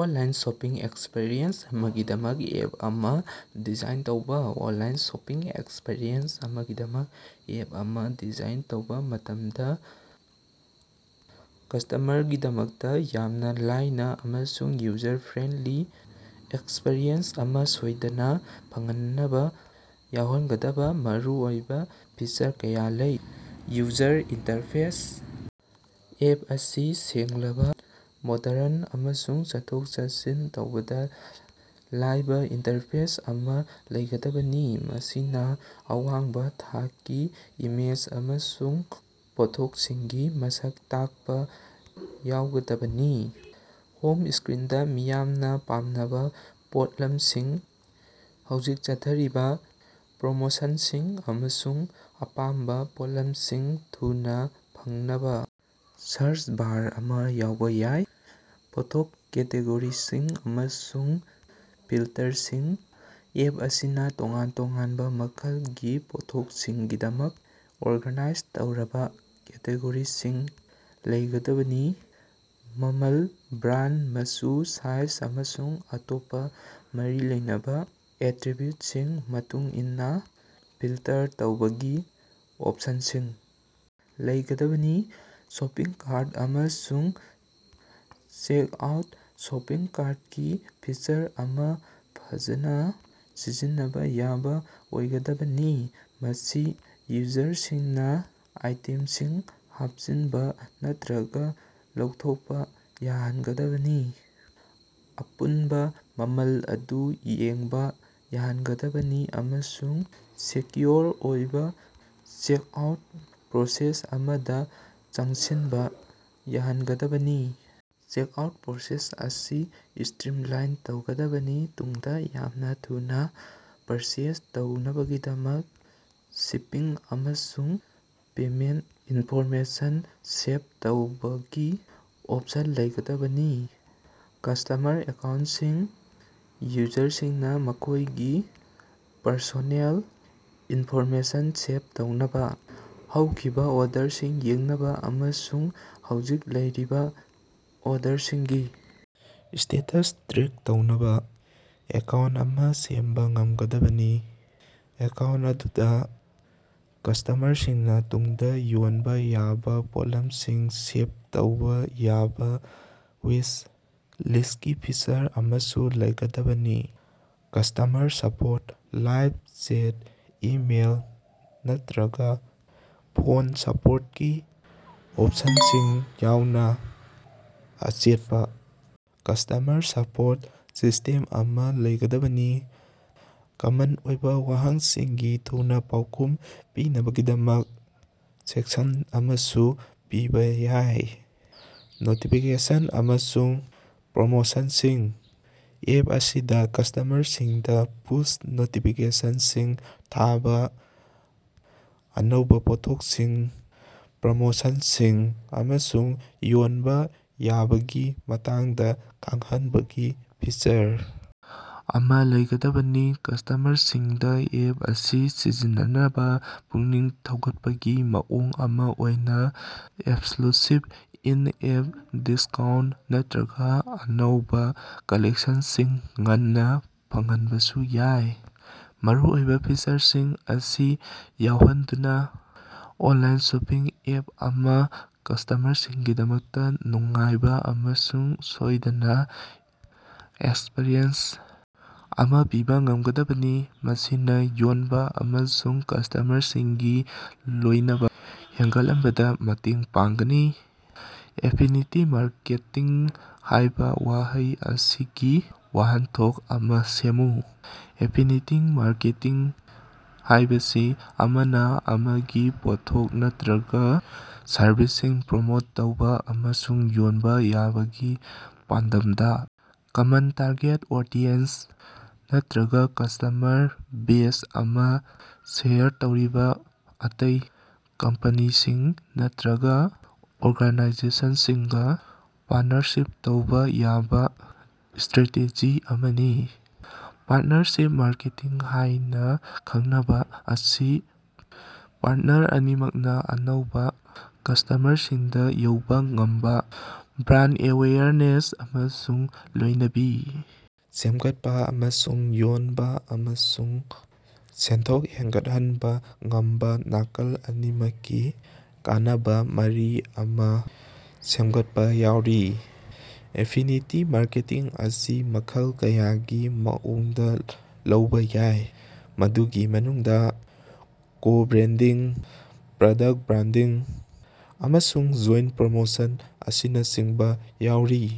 Online shopping experience ꯑꯃꯒꯤꯗꯃꯛ app ꯑꯃ design ꯇꯧꯕ꯫ ꯑꯣꯟꯂꯥꯏꯟ ꯁꯣꯄꯤꯡ ꯑꯦꯛꯁꯄꯤꯔꯤꯑꯦꯟꯁ ꯑꯃꯒꯤꯗꯃꯛ ꯑꯦꯞ ꯑꯃ ꯗꯤꯖꯥꯏꯟ ꯇꯧꯕꯥ ꯃꯇꯝꯗ, ꯀꯁ꯭ꯇꯃꯔꯒꯤꯗꯃꯛꯇ ꯌꯥꯝꯅ ꯂꯥꯏꯅ ꯑꯃꯁꯨꯡ ꯌꯨꯖꯔ-ꯐ꯭ꯔꯦꯟꯗꯂꯤ ꯑꯦꯛꯁꯄꯤꯔꯤꯑꯦꯟꯁ ꯑꯃ ꯁꯣꯏꯗꯅ ꯐꯪꯍꯟꯅꯕ ꯌꯥꯎꯍꯟꯒꯗꯕ ꯃꯔꯨꯑꯣꯏꯕ ꯐꯤꯆꯔ ꯀꯌꯥ ꯂꯩ꯫ ꯌꯨꯖꯔ ꯏꯟꯇꯔꯐꯦꯁ: ꯑꯦꯞ ꯑꯁꯤ ꯁꯦꯡꯂꯕ, ꯃꯣꯗꯔꯟ ꯑꯃꯁꯨꯡ ꯆꯠꯊꯣꯛ-ꯆꯠꯁꯤꯟ ꯇꯧꯕꯗ ꯂꯥꯏꯕ ꯏꯟꯇꯔꯐꯦꯁ ꯑꯃ ꯂꯩꯒꯗꯕꯅꯤ, ꯃꯁꯤꯅ ꯑꯋꯥꯡꯕ ꯊꯥꯛꯀꯤ ꯏꯃꯦꯖ ꯑꯃꯁꯨꯡ ꯄꯣꯠꯊꯣꯛꯁꯤꯡꯒꯤ ꯃꯁꯛ ꯇꯥꯛꯄ ꯌꯥꯎꯒꯗꯕꯅꯤ꯫ ꯍꯣꯝ ꯁ꯭ꯀꯔꯤꯟꯗ ꯃꯤꯌꯥꯝꯅ ꯄꯥꯝꯅꯕ ꯄꯣꯠꯂꯃꯁꯤꯡ, ꯍꯧꯖꯤꯛ ꯆꯠꯊꯔꯤꯕ ꯄ꯭ꯔꯣꯃꯣꯁꯟꯁꯤꯡ, ꯑꯃꯁꯨꯡ ꯑꯄꯥꯝꯕ ꯄꯣꯠꯂꯝꯁꯤꯡ ꯊꯨꯅ ꯐꯪꯅꯕ ꯁꯥꯔꯆ ꯕꯥꯔ ꯑꯃ ꯌꯥꯎꯕ ꯌꯥꯏ꯫ ꯄꯣꯠꯊꯣꯛ ꯀꯦꯇꯦꯒꯣꯔꯤꯁꯤꯡ ꯑꯃꯁꯨꯡ ꯐꯤꯜꯇꯔꯁꯤꯡ: ꯑꯦꯞ ꯑꯁꯤꯅ ꯇꯣꯉꯥꯟ ꯇꯣꯉꯥꯟꯕ ꯃꯈꯜꯒꯤ ꯄꯣꯠꯊꯣꯛꯁꯤꯡꯒꯤꯗꯃꯛ ꯑꯣꯔꯒꯅꯥꯏꯖ ꯇꯧꯔꯕ ꯀꯦꯇꯦꯒꯣꯔꯤꯁꯤꯡ ꯂꯩꯒꯗꯕꯅꯤ, ꯃꯃꯜ, ꯕ꯭ꯔꯥꯟꯗ, ꯃꯆꯨ, ꯁꯥꯏꯖ, ꯑꯃꯁꯨꯡ ꯑꯇꯣꯞꯄ ꯃꯔꯤ ꯂꯩꯅꯕ ꯑꯦꯇ꯭ꯔꯤꯕ꯭ꯌꯨꯠꯁꯤꯡ ꯃꯇꯨꯡ ꯏꯟꯅ ꯐꯤꯜꯇꯔ ꯇꯧꯕꯒꯤ ꯑꯣꯞꯁꯟꯁꯤꯡ ꯂꯩꯒꯗꯕꯅꯤ꯫ ꯁꯣꯄꯤꯡ ꯀꯥꯔꯠ ꯑꯃꯁꯨꯡ ꯆꯦꯛꯑꯥꯎꯠ: ꯁꯣꯄꯤꯡ ꯀꯥꯔꯇꯀꯤ ꯐꯤꯆꯔ ꯑꯃ ꯐꯖꯅ ꯁꯤꯖꯤꯟꯅꯕ ꯌꯥꯕ ꯑꯣꯏꯒꯗꯕꯅꯤ, ꯃꯁꯤ ꯌꯨꯖꯔꯁꯤꯡꯅ ꯑꯥꯏꯇꯦꯝꯁꯤꯡ ꯍꯥꯞꯆꯤꯟꯕ ꯅꯠꯇ꯭ꯔꯒ ꯂꯧꯊꯣꯛꯄ ꯌꯥꯍꯟꯒꯗꯕꯅꯤ, ꯑꯄꯨꯟꯕ ꯃꯃꯜ ꯑꯗꯨ ꯌꯦꯡꯕ ꯌꯥꯍꯟꯒꯗꯕꯅꯤ ꯑꯃꯁꯨꯡ ꯁꯦꯀ꯭ꯌꯨꯑꯣꯔ ꯑꯣꯏꯕ ꯆꯦꯛꯑꯥꯎꯠ ꯄ꯭ꯔꯣꯁꯦꯁ ꯑꯃꯗ ꯆꯪꯁꯤꯟꯕ ꯌꯥꯍꯟꯒꯗꯕꯅꯤ꯫ ꯆꯦꯛꯑꯥꯎꯠ ꯄ꯭ꯔꯣꯁꯦꯁ ꯑꯁꯤ ꯁ꯭ꯇꯔꯤꯝꯂꯥꯏꯟ ꯇꯧꯒꯗꯕꯅꯤ, ꯇꯨꯡꯗ ꯌꯥꯝꯅ ꯊꯨꯅ ꯄꯔꯆꯦꯖ ꯇꯧꯅꯕꯒꯤꯗꯃꯛ ꯁꯤꯄꯤꯡ ꯑꯃꯁꯨꯡ ꯄꯦꯃꯦꯟꯇ ꯏꯟꯐꯣꯔꯃꯦꯁꯟ ꯁꯦꯚ ꯇꯧꯕꯒꯤ ꯑꯣꯞꯁꯟ ꯂꯩꯒꯗꯕꯅꯤ꯫ ꯀꯁ꯭ꯇꯃꯔ ꯑꯦꯀꯥꯎꯟꯇꯁꯤꯡ: ꯌꯨꯖꯔꯁꯤꯡꯅ ꯃꯈꯣꯏꯒꯤ ꯄꯔꯁꯣꯅꯦꯜ ꯏꯟꯐꯣꯔꯃꯦꯁꯟ ꯁꯦꯚ ꯇꯧꯅꯕ, ꯍꯧꯈꯤꯕ ꯑꯣꯔꯗꯔꯁꯤꯡ ꯌꯦꯡꯅꯕ ꯑꯃꯁꯨꯡ ꯍꯧꯖꯤꯛ ꯂꯩꯔꯤꯕ ꯑꯣꯔꯗꯔꯁꯤꯡꯒꯤ ꯁ꯭ꯇꯦꯇꯁ ꯇ꯭ꯔꯦꯛ ꯇꯧꯅꯕ ꯑꯦꯀꯥꯎꯟꯇ ꯑꯃ ꯁꯦꯝꯕ ꯉꯝꯒꯗꯕꯅꯤ꯫ ꯑꯦꯀꯥꯎꯟꯇ ꯑꯗꯨꯗ ꯀꯁ꯭ꯇꯃꯔꯁꯤꯡꯅ ꯇꯨꯡꯗ ꯌꯣꯟꯕ ꯌꯥꯕ ꯄꯣꯠꯂꯝꯁꯤꯡ ꯁꯦꯚ ꯇꯧꯕ ꯌꯥꯕ ꯋꯤꯁ ꯂꯤꯁ꯭ꯇꯀꯤ ꯐꯤꯆꯔ ꯑꯃꯁꯨ ꯂꯩꯒꯗꯕꯅꯤ꯫ ꯀꯁ꯭ꯇꯃꯔ ꯁꯄꯣꯔꯠ: ꯂꯥꯏꯕ ꯆꯦꯠ, ꯏꯃꯦꯏꯜ, ꯅꯠꯇ꯭ꯔꯒ ꯐꯣꯟ ꯁꯄꯣꯔꯇꯀꯤ ꯑꯣꯞꯁꯟꯁꯤꯡ ꯌꯥꯎꯅ ꯑꯆꯦꯠꯄ ꯀꯁ꯭ꯇꯃꯔ ꯁꯄꯣꯔꯠ ꯁꯤꯁ꯭ꯇꯦꯝ ꯑꯃ ꯂꯩꯒꯗꯕꯅꯤ꯫ ꯀꯃꯟ ꯑꯣꯏꯕ ꯋꯥꯍꯪꯁꯤꯡꯒꯤ ꯊꯨꯅ ꯄꯥꯎꯈꯨꯝ ꯄꯤꯅꯕꯒꯤꯗꯃꯛ ꯁꯦꯛꯁꯟ ꯑꯃꯁꯨ ꯄꯤꯕ ꯌꯥꯏ꯫ ꯅꯣꯇꯤꯐꯤꯀꯦꯁꯟ ꯑꯃꯁꯨꯡ ꯄ꯭ꯔꯣꯃꯣꯁꯟꯁꯤꯡ: ꯑꯦꯞ ꯑꯁꯤꯗ ꯀꯁ꯭ꯇꯃꯔꯁꯤꯡꯗ ꯄꯨꯁ ꯅꯣꯇꯤꯐꯤꯀꯦꯁꯟꯁꯤꯡ ꯊꯥꯕ, ꯑꯅꯧꯕ ꯄꯣꯠꯊꯣꯛꯁꯤꯡ, ꯄ꯭ꯔꯃꯣꯁꯟꯁꯤꯡ, ꯑꯃꯁꯨꯡ ꯌꯣꯟꯕ ꯌꯥꯕꯒꯤ ꯃꯇꯥꯡꯗ ꯈꯪꯍꯟꯕꯒꯤ ꯐꯤꯆꯔ ꯑꯃ ꯂꯩꯒꯗꯕꯅꯤ꯫ ꯀꯁ꯭ꯇꯃꯔꯁꯤꯡꯗ ꯑꯦꯞ ꯑꯁꯤ ꯁꯤꯖꯤꯟꯅꯅꯕ ꯄꯨꯛꯅꯤꯡ ꯊꯧꯒꯠꯄꯒꯤ ꯃꯑꯣꯡ ꯑꯃ ꯑꯣꯏꯅ ꯑꯦꯛꯁꯛꯂꯨꯁꯤꯕ ꯏꯟ-ꯑꯦꯞ ꯗꯤꯁꯀꯥꯎꯟꯇ ꯅꯠꯇ꯭ꯔꯒ ꯑꯅꯧꯕ ꯀꯂꯦꯛꯁꯟꯁꯤꯡ ꯉꯟꯅ ꯐꯪꯍꯟꯕꯁꯨ ꯌꯥꯏ꯫ ꯃꯔꯨꯑꯣꯏꯕ ꯐꯤꯆꯔꯁꯤꯡ ꯑꯁꯤ ꯌꯥꯎꯍꯟꯗꯨꯅ ꯑꯣꯅꯂꯥꯏꯟ ꯁꯣꯄꯤꯡ ꯑꯦꯞ ꯑꯃꯅ ꯀꯁ꯭ꯇꯃꯔꯁꯤꯡꯒꯤꯗꯃꯛꯇ ꯅꯨꯡꯉꯥꯏꯕ ꯑꯃꯁꯨꯡ ꯁꯣꯏꯗꯅ ꯑꯦꯛꯁꯄꯔꯤꯌꯦꯟꯁ ꯑꯃ ꯄꯤꯕ ꯉꯝꯒꯗꯕꯅꯤ, ꯃꯁꯤꯅꯥ ꯌꯣꯟꯕ ꯑꯃꯁꯨꯡ ꯀꯁ꯭ꯇꯃꯔꯁꯤꯡꯒꯤ ꯂꯣꯏꯅꯕ ꯍꯦꯟꯒꯠꯍꯟꯕꯗ ꯃꯇꯦꯡ ꯄꯥꯡꯒꯅꯤ꯫ ꯑꯦꯐꯤꯅꯤꯇꯤ ꯃꯥꯔꯀꯦꯇꯤꯡ ꯍꯥꯏꯕ ꯋꯥꯍꯩ ꯑꯁꯤꯒꯤ ꯋꯥꯍꯟꯊꯣꯛ ꯑꯃ ꯁꯦꯝꯃꯨ꯫ ꯑꯦꯐꯤꯅꯤꯇꯤ ꯃꯥꯔꯀꯦꯇꯤꯡ ꯍꯥꯏꯕꯁꯤ ꯑꯃꯅ ꯑꯃꯒꯤ ꯄꯣꯠꯊꯣꯛ ꯅꯠꯇ꯭ꯔꯒ ꯁꯔꯚꯤꯁꯁꯤꯡ ꯄ꯭ꯔꯃꯣꯠ ꯇꯧꯕ ꯑꯃꯁꯨꯡ ꯌꯣꯟꯕ ꯌꯥꯕꯒꯤ ꯄꯥꯟꯗꯝꯗ ꯀꯃꯟ ꯇꯥꯔꯒꯦꯠ ꯑꯣꯗꯤꯑꯦꯟꯁ ꯅꯠꯇ꯭ꯔꯒ ꯀꯁ꯭ꯇꯃꯔ ꯕꯦꯖ ꯑꯃ ꯁꯦꯌꯔ ꯇꯧꯔꯤꯕ ꯑꯇꯩ ꯀꯝꯄꯅꯤꯁꯤꯡ ꯅꯠꯇ꯭ꯔꯒ ꯑꯣꯔꯒꯥꯅꯥꯏꯖꯦꯁꯟꯁꯤꯡꯒ ꯄꯥꯔꯠꯅꯔꯁꯤꯞ ꯇꯧꯕ ꯌꯥꯕ ꯁ꯭ꯇꯔꯥꯇꯦꯖꯤ ꯑꯃꯅꯤ꯫ ꯄꯥꯔꯇꯅꯔꯁꯤꯞ ꯃꯥꯔꯀꯦꯇꯤꯡ ꯍꯥꯏꯅ ꯈꯪꯅꯕ ꯑꯁꯤ ꯄꯥꯔꯠꯅꯔ ꯑꯅꯤꯃꯛꯅ ꯑꯅꯧꯕ ꯀꯁ꯭ꯇꯃꯔꯁꯤꯡꯗ ꯌꯧꯕ ꯉꯝꯕ, ꯕ꯭ꯔꯥꯟꯗ ꯑꯦꯋꯦꯌꯔꯅꯦꯁ ꯑꯃꯁꯨꯡ ꯂꯣꯏꯅꯕꯤ ꯁꯦꯝꯒꯠꯄ, ꯑꯃꯁꯨꯡ ꯌꯣꯟꯕ ꯑꯃꯁꯨꯡ ꯁꯦꯟꯊꯣꯛ ꯍꯦꯟꯒꯠꯍꯟꯕ ꯉꯝꯕ ꯅꯥꯀꯜ ꯑꯅꯤꯃꯛꯀꯤ ꯀꯥꯟꯅꯕ ꯃꯔꯤ ꯑꯃ ꯁꯦꯝꯒꯠꯄ ꯌꯥꯎꯔꯤ꯫ ꯑꯦꯐꯤꯅꯤꯇꯤ ꯃꯥꯔꯀꯦꯇꯤꯡ ꯑꯁꯤ ꯃꯈꯜ ꯀꯌꯥꯒꯤ ꯃꯑꯣꯡꯗ ꯂꯧꯕ ꯌꯥꯏ, ꯃꯗꯨꯒꯤ ꯃꯅꯨꯡꯗ ꯀꯣ-ꯕ꯭ꯔꯦꯟꯗꯤꯡ, ꯄ꯭ꯔꯗꯛꯇ ꯕꯔꯥꯟꯗꯤꯡ, ꯑꯃꯁꯨꯡ ꯖꯣꯏꯟꯇ ꯄ꯭ꯔꯃꯣꯁꯟ ꯑꯁꯤꯅꯆꯤꯡꯕ ꯌꯥꯎꯔꯤ꯫